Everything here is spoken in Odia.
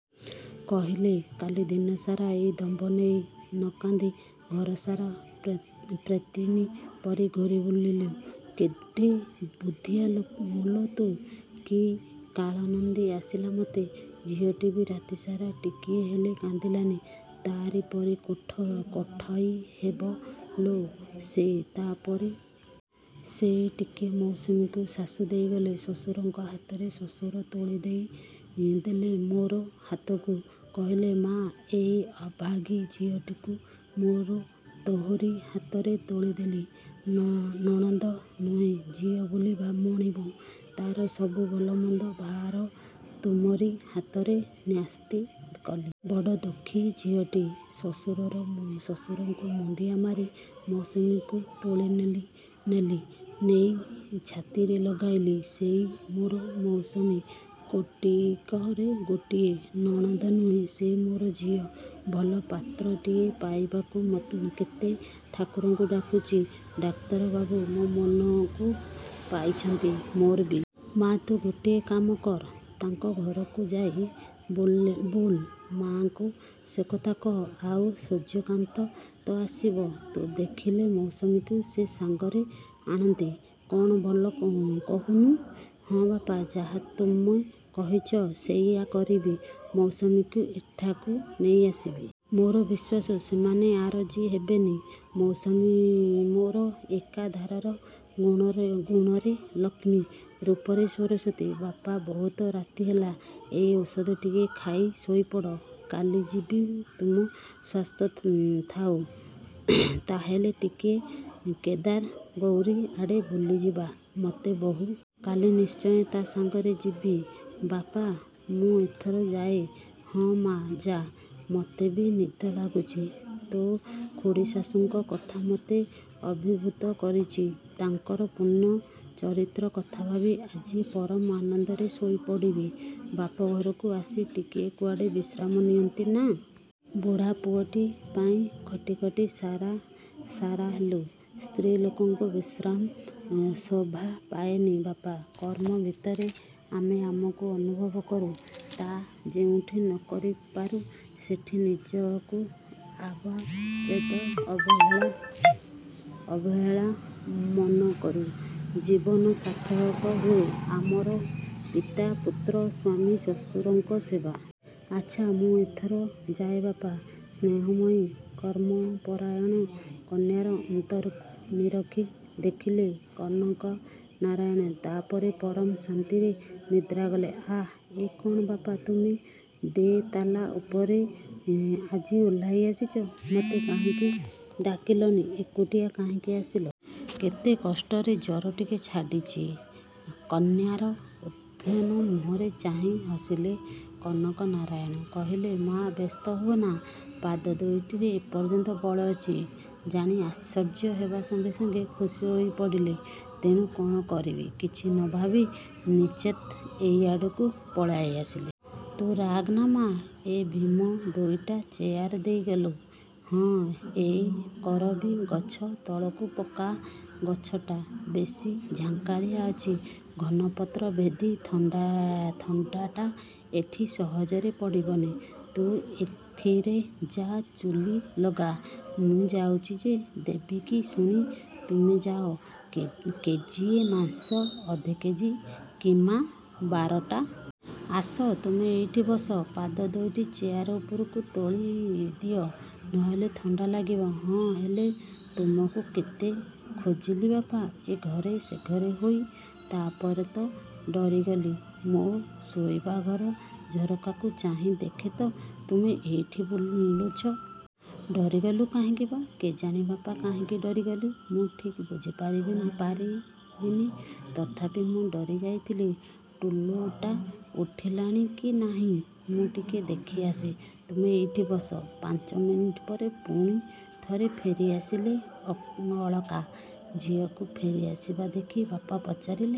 କହିଲେ କାଲି ଦିନସାରା ଏଇ ଦମ୍ଭ ନେଇ ନକାନ୍ଦି ଘରସାରା ପ୍ରେତିନୀ ପରି ଘୂରି ବୁଲିଲୁ? କେଡ଼େ ବୁଦ୍ଧିଆ ଲୋ ତୁ। କି କାଳନିଦ ଆସିଲା ମୋତେ! ଝିଅଟି ବି ରାତିସାରା ଟିକିଏ ହେଲେ କାନ୍ଦିଲାନି! ତୋରି ପରି କାଠୋଇ ହେବ ଲୋ ସେ। ତା'ପରେ, ସେଇ ଟିକ ମୌସୁମୀକୁ ଶାଶୂ ଦେଇଗଲେ ଶ୍ୱଶୁରଙ୍କ ହାତରେ, ଶ୍ୱଶୁର ତୋଳିଦେଲେ ମୋରି ହାତକୁ। କହିଲେ ମାଆ, ଏଇ ଅଭାଗୀ ଝିଅଟିକୁ ମୋରି ତୁମରି ହାତରେ ତୋଳିଦେଲି। ନଣନ୍ଦ ନୁହେଁ ଝିଅ ବୋଲି ମଣିବ। ତା'ର ସବୁ ଭଲମନ୍ଦ ଭାର ତୁମରି ହାତରେ ନ୍ୟସ୍ତ କଲି। ବଡ଼ ଦୁଃଖୀ ଝିଅଟି। ଶ୍ୱଶୁରଙ୍କୁ ମୁଣ୍ଡିଆ ମାରି ମୌସୁମୀକୁ ତୋଳିନେଲି, ନେଇ ଛାତିରେ ଲଗାଇଲି। ସେଇ ମୋର ମୌସୁମୀ। କୋଟିକରେ ଗୋଟିଏ, ନଣନ୍ଦ ନୁହେଁ ସେ ମୋର ଝିଅ। ଭଲ ପାତ୍ରଟିଏ ପାଇବାକୁ କେତେ ଠାକୁରଙ୍କୁ ଡାକୁଛି। ଡାକ୍ତରବାବୁ ମୋ ମନକୁ ପାଇଛନ୍ତି, ମୋର ବିଶ୍ୱାସ ତୁମ କଥା ସେ ଶୁଣିବେ। ଭଲକଥା। ମା, ତୁ ଗୋଟିଏ କାମ କର୍। ତାଙ୍କ ଘରକୁ ଯାଇ ବୁଲୁ ମା'ଙ୍କୁ ସେକଥା କହ। ଆଉ ସୂର୍ଯ୍ୟକାନ୍ତ ତ ଆସିବେ। ତୁ ଲେଖିଦେ ମୌସୁମୀକୁ ସେ ସାଙ୍ଗରେ ଆଣନ୍ତୁ। କ'ଣ ଭଲ କହୁନି? ହଁ ବାପା। ଯାହା ତୁମେ କହୁଛ ସେଇଆ କରିବି। ମୌସୁମୀକୁ ଏଠାକୁ ନେଇଆସିବି। ମୋର ବିଶ୍ୱାସ ସେମାନେ ଅରାଜି ହେବେନି। ମୌସୁମୀ ମୋର ଏକାଧାରରେ ଗୁଣରେ ଲକ୍ଷ୍ମୀ, ରୂପରେ ସରସ୍ୱତୀ। ବାପା ବହୁତ ରାତି ହେଲା। ଏଇ ଔଷଧ ଟିକିଏ ଖାଇ ଶୋଇପଡ଼। କାଲି ଯିବ, ତୁମେ ସୁସ୍ଥ ଥାଅ, ତାହାହେଲେ ଟିକେ କେଦାରଗୌରୀ ଆଡ଼େ ବୁଲିଯିବା। ମୋତେ ବହୁତ ସୁସ୍ଥ ଲାଗୁଛି ମା'। କାଲି ନିଶ୍ଚୟ ତୋ ସାଙ୍ଗରେ ଯିବି। ବାପା, ମୁଁ ଏଥର ଯାଏ?ହଁ ମା', ଯା। ମୋତେ ବି ନିଦ ଲାଗୁଛି। ତୋ ଖୁଡ଼ୀଶାଶୂଙ୍କ କଥା ମୋତେ ଅଭିଭୂତ କରିଛି। ତାଙ୍କର ପୂର୍ଣ୍ଣ ଚରିତ୍ର କଥା ଭାବି ଆଜି ପରମ ଆନନ୍ଦରେ ଶୋଇପଡ଼ିବି। ବାପଘରକୁ ଆସି ଟିକିଏ କୁଆଡ଼େ ବିଶ୍ରାମ ନିଅନ୍ତୁ ନା। ବୁଢ଼ା ପୁଅଟି ପାଇଁ ଖଟି ଖଟି ସାରା ହେଲୁ। ସ୍ତ୍ରୀ ଲୋକଙ୍କୁ ବିଶ୍ରାମ ଶୋଭାପାଏନି ବାପା, କର୍ମ ଭିତରେ ଆମେ ଆମକୁ ଅନୁଭବ କରୁ। ତା ଯେଉଁଠି ନ କରିପାରୁ, ସେଠି ନିଜକୁ ଅବାଞ୍ଛିତା, ଅବହେଳିତା ମନେକରୁ। ଜୀବନ ସାର୍ଥକ ହୁଏ ଆମର ପିତା, ପୁତ୍ର, ସ୍ୱାମୀ, ଶ୍ୱଶୁରଙ୍କ ସେବାରେ, ନିରନ୍ଧ୍ର ଶ୍ରମରେ। ଆଚ୍ଛା, ମୁଁ ଏଥର ଯାଏ ବାପା। ସ୍ନେହମୟୀ କର୍ମପରାୟଣା କନ୍ୟାର ଅନ୍ତରକୁ ନିରେଖି ଦେଖିଲେ କନକନାରାୟଣ। ତାପରେ ପରମ ଶାନ୍ତିରେ ନିଦ୍ରାଗଲେ। ଆଃ, ଏ କ'ଣ ବାପା, ତୁମେ ଦୋ'ତାଲା ଉପରୁ ଆଜି ଓହ୍ଲାଇଆସିଛ? ମୋତେ କାହିଁକି ଡାକିଲନି? ଏକୁଟିଆ କାହିଁକି ଆସିଲ? ତା' ଛଡ଼ା ବଗିଚାରୁ ଘାସଗୁଡ଼ିକ ଶିଶିରରେ ଭିଜି ରହିଛି, ତୁମକୁ ଥଣ୍ଡା ଲାଗିବ। କେତେ କଷ୍ଟରେ ଜ୍ୱର ଟିକେ ଛାଡ଼ିଛି। କନ୍ୟାର ଉଦ୍ବିଘ୍ନ ମୁହଁକୁ ଚାହିଁ ହସିଲେ କନକନାରାୟଣ। କହିଲେ ମା', ବ୍ୟସ୍ତ ହୁଅନା। ପାଦ ଦୁଇଟିରେ ଏପର୍ଯ୍ୟନ୍ତ ବଳ ଅଛି ଜାଣି ଆଶ୍ଚର୍ଯ୍ୟ ହେବା ସଙ୍ଗେ ସଙ୍ଗେ ଖୁସି ହୋଇପଡ଼ିଲି। ତେଣୁ, କ'ଣ କରିବି କିଛି ନଭାବି ନଚିନ୍ତି ଏଇଆଡ଼କୁ ପଳାଇ ଆସିଲି। ତୁ ରାଗ୍ନା ମାଆ। ଏ ଭୀମ, ଦୁଇଟା ଚେୟାର ଦେଇଗଲୁ, ହଁ ଏଇ କରବୀ ଗଛ ତଳକୁ ପକା। ଗଛଟା ବେଶି ଝଙ୍କାଳିଆ ଅଛି। ଘନ ପତ୍ର ଭେଦି ଥଣ୍ଡାଟା ଏଠି ସହଜେ ପଡ଼ିବନି। ତୁ ଏଥର ଯା, ଚୁଲି ଲଗା, ମୁଁ ଯାଉଛି ଯେ। ଦେବକୀ ଶୁଣ; ତୁମେ ଯାଅ କେଜିଏ ମାଂସ, ଅଧକେଜି କିମା, ବାରଟା ଅଣ୍ଡା, କିଛି ଭଲ ପରିବାପତ୍ର ନେଇଆସ। ବାପା, ଆସ ତୁମେ ଏଇଠି ବସ। ପାଦ ଦୁଇଟି ଚେୟାର ଉପରକୁ ତୋଳିଦିଅ, ନହେଲେ ଥଣ୍ଡା ଲାଗିବ। ହଁ ହେଲା, ତୁମକୁ କେତେ ଖୋଜିଲି ବାପା, ଏଘର ସେଘର ହୋଇ, ତା'ପରେ ତ ଡରିଗଲି। ମୋ ଶୋଇବା ଘର ଝରକାରୁ ଚାହିଁ ଦେଖେ ତ ତୁମେ ଏଇଠି ବୁଲୁଛ। ଡରିଗଲୁ କାହିଁକି ବା? କେଜାଣି ବାପା କାହିଁକି ଡରିଗଲି ମୁଁ ଠିକ୍ ବୁଝାଇପାରିବିନି। ତଥାପି ମୁଁ ଡରିଯାଇଥିଲି। ଟୁଲୁଟା ଉଠିଲାଣି କି ନାହିଁ ମୁଁ ଟିକେ ଦେଖିଆସେ। ତୁମେ ଏଇଠି ବସ। ପାଞ୍ଚ ମିନିଟ୍ ପରେ ପୁଣି ଥରେ ଫେରିଆସିଲେ ଅଳକା। ଝିଅକୁ ଫେରିଆସିବାର ଦେଖି ବାପା ପଚାରିଲେ ଟୁଲୁ ଉଠିଲାଣି ମାଆ?